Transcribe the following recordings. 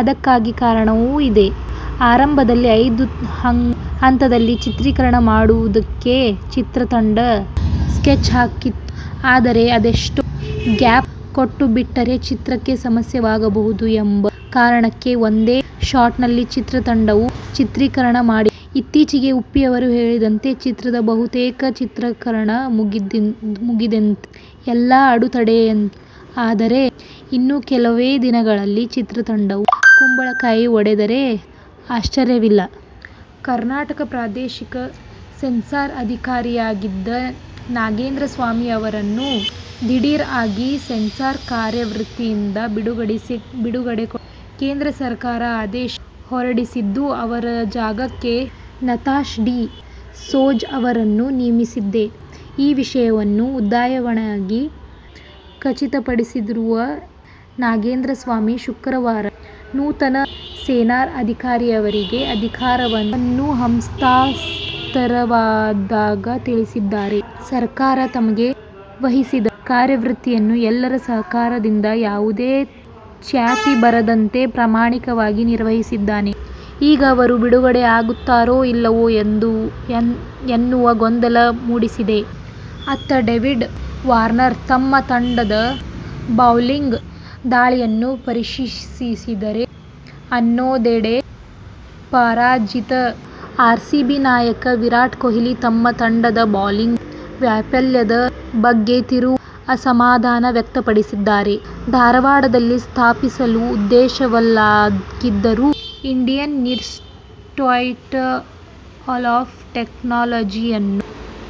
ಅದಕ್ಕೆ ಕಾರಣವೂ ಇದೆ. ಆರಂಭದಲ್ಲಿ ಐದು ಹಂತಗಳಲ್ಲಿ ಚಿತ್ರೀಕರಣ ಮಾಡುವುದಕ್ಕೆ ಚಿತ್ರತಂಡ ಸ್ಕೆಚ್ ಹಾಕಿತ್ತು. ಆದರೆ, ಅಷ್ಟೊಂದು ಗ್ಯಾಪ್ ಕೊಟ್ಟುಬಿಟ್ಟರೆ ಚಿತ್ರಕ್ಕೆ ಸಮಸ್ಯೆಯಾಗಬಹುದು ಎಂಬ ಕಾರಣಕ್ಕೆ ಒಂದೇ ಸ್ಟ್ರೆಚ್ನಲ್ಲಿ ಚಿತ್ರತಂಡವು, ಚಿತ್ರೀಕರಣ ಮಾಡಿದೆ. ಇತ್ತೀಚೆಗೆ ಉಪ್ಪಿ ಅವರು ಹೇಳಿದಂತೆ ಚಿತ್ರದ ಬಹುತೇಕ ಚಿತ್ರೀಕರಣ ಮುಗಿದಿದೆಯಂತೆ. ಎಲ್ಲಾ ಅಂದುಕೊಂಡಂತೆ ಆದರೆ, ಇನ್ನು ಕೆಲವೇ ದಿನಗಳಲ್ಲಿ ಚಿತ್ರತಂಡವು ಕುಂಬಳಕಾಯಿ ಒಡೆದರೆ ಆಶ್ಚರ್ಯವಿಲ್ಲ. ಕರ್ನಾಟಕ ಪ್ರಾದೇಶಿಕ ಸೆನ್ಸಾರ್ ಅಧಿಕಾರಿಯಾಗಿದ್ದ ನಾಗೇಂದ್ರಸ್ವಾಮಿಅವರನ್ನು ದಿಢೀರ್ ಆಗಿ ಸೆನ್ಸಾರ್ ಕರ್ತವ್ಯದಿಂದ ಬಿಡುಗಡೆಗೊಳಿಸಿ ಕೇಂದ್ರ ಸರ್ಕಾರ ಆದೇಶ ಹೊರಡಿಸಿದ್ದು, ಅವರ ಜಾಗಕ್ಕೆ ನತಾಶ ಡಿ"ಸೋಜ ಅವರನ್ನು ನೇಮಿಸಿದೆ. ಈ ವಿಷಯವನ್ನು ಉದಯವಾಣಿಗೆ ಖಚಿತಪಡಿಸಿರುವ ನಾಗೇಂದ್ರ ಸ್ವಾಮಿ, ಶುಕ್ರವಾರ ನೂತನ ಸೆನ್ಸಾರ್ ಅಧಿಕಾರಿಯವರಿಗೆ ಅಧಿಕಾರವನ್ನುಹಸ್ತಾಂತರಿಸುವುದಾಗಿ ತಿಳಿಸಿದ್ದಾರೆ. ಸರ್ಕಾರ ತಮಗೆ ವಹಿಸಿದ್ದ ಕರ್ತವ್ಯವನ್ನು ಎಲ್ಲರ ಸಹಕಾರದಿಂದ ಯಾವುದೇ ಚ್ಯುತಿ ಬರದಂತೆ ಪ್ರಾಮಾಣಿಕವಾಗಿ ನಿರ್ವಹಿಸಿದ್ದೇನೆ. ಈಗ ಅವರು ಬಿಡುಗಡೆಯಾಗುತ್ತಾರೋ ಇಲ್ಲವೋ ಎನ್ನುವುದು ಗೊಂದಲ ಮೂಡಿಸಿದೆ. ಅತ್ತ ಡೇವಿಡ್ ವಾರ್ನರ್ ತಮ್ಮ ತಂಡದ ಬೌಲಿಂಗ್ ದಾಳಿಯನ್ನು ಪ್ರಶಂಸಿಸಿದರೆ, ಇನ್ನೊಂದೆಡೆ ಪರಾಜಿತ ಆರ್ಸಿಬಿ ನಾಯಕ ವಿರಾಟ್ ಕೊಹ್ಲಿ ತಮ್ಮ ತಂಡದ ಬೌಲಿಂಗ್ ವೈಫಲ್ಯದ ಬಗ್ಗೆ ತೀವ್ರ ಅಸಮಾಧಾನ ವ್ಯಕ್ತಪಡಿಸಿದ್ದಾರೆ. ಧಾರವಾಡದಲ್ಲಿ ಸ್ಥಾಪಿಸಲು ಉದ್ದೇಶಿಸಲಾಗಿರುವ 'ಇಂಡಿಯನ್ ಇನ್ಸ್ಟಿಟ್ಯೂಟ್ ಆಫ್ ಟೆಕ್ನಾಲಜಿ'ಯನ್ನು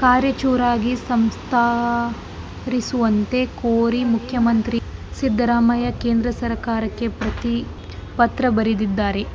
ರಾಯಚೂರಿಗೆ ಸ್ಥಳಾಂತರಿಸುವಂತೆ ಕೋರಿ ಮುಖ್ಯಮಂತ್ರಿ ಸಿದ್ದರಾಮಯ್ಯ ಕೇಂದ್ರ ಸರಕಾರಕ್ಕೆ ಪತ್ರ ಬರೆದಿದ್ದಾರೆ.